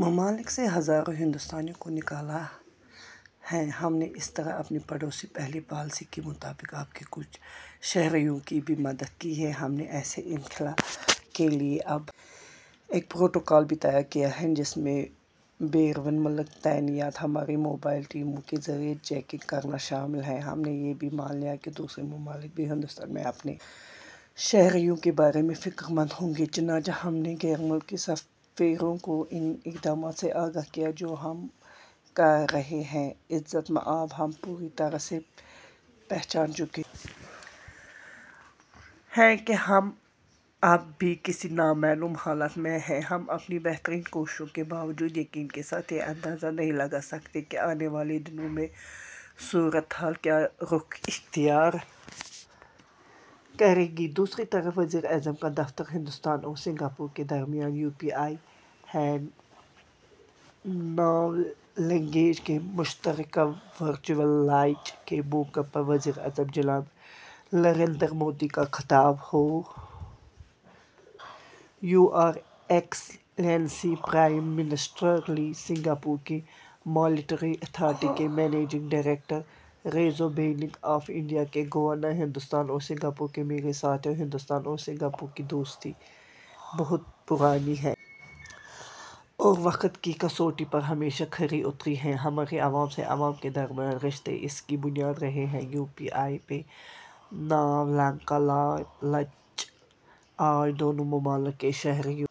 ممالک سے ہزاروں ہندوستانیوں کو نکالا ہے ہم نے اسی طرح اپنی پڑوسی پہلے پالیسی کے مطابق آپ کے کچھ شہریوں کی بھی مدد کی ہے ہم نے ایسے انخلا کے لیے اب ایک پروٹوکول بھی تیار کیا ہے جس میں بیرون ملک تعینات ہماری موبائل ٹیموں کے ذریعے چیکنگ کرنا شامل ہے ہم نے یہ بھی مان لیا کہ دوسرے ممالک بھی ہندوستان میں اپنے شہریوں کے بارے میں فکر مند ہوں گے چنانچہ ہم نے غیر ملکی سفیروں کو ان اقدامات سے آگاہ کیا جو ہم کر رہے ہیں عزت مآب ہم پوری طرح سے پہچان چکے ہیں کہ ہم اب بھی کسی نامعلوم حالت میں ہیں ہم اپنی بہترین کوششوں کے باوجود یقین کے ساتھ یہ اندازہ نہیں لگا سکتے کہ آنے والے دنوں میں صورتحال کیا رخ اختیار کرے گی دوسری طرف وزیر اعظم کا دفتر ہندوستان اور سنگاپور کے درمیان UPI PayNow linkage کے مشترکہ ورچوئل لانچ کے موقع پر وزیر اعظم جناب نریندر مودی کا خطاب your excellency prime minister Lee Singapore کی مانیٹری اتھارٹی کے managing director reserve bank of India کے گورنر ہندوستان اور سنگاپور کے میرے ساتھیو ہندوستان اور سنگاپور کی دوستی بہت پرانی ہے اور وقت کی کسوٹی پر ہمیشہ کھری اتری ہے ہمارے عوام سے عوام کے درمیان رشتے اس کی بنیاد رہے ہیں UPI PayNow link کا لانچ آج دونوں ممالک کے شہریوں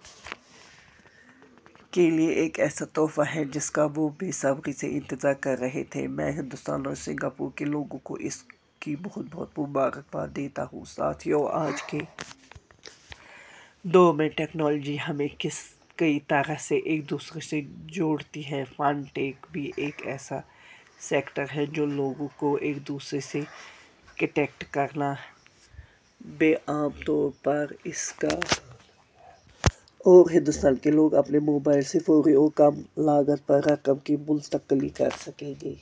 کے لیے ایک ایسا تحفہ ہے جس کا وہ بے صبری سے انتظار کر رہے تھے میں ہندوستان اور سنگاپور کے لوگوں کو اس کی بہت بہت مبارکباد دیتا ہوں ساتھیو آج کے دور میں ٹیکنالوجی ہمیں کئی طرح سے ایک دوسرے سے جوڑتی ہے فن ٹیک بھی ایک ایسا سیکٹر ہے جو لوگوں کو ایک دوسرے سے کنیکٹ کرتا ہے عام طور پر اس کا اور ہندوستان کے لوگ اپنے موبائل سے فوری اور کم لاگت پر رقم کی منتقلی کر سکیں گے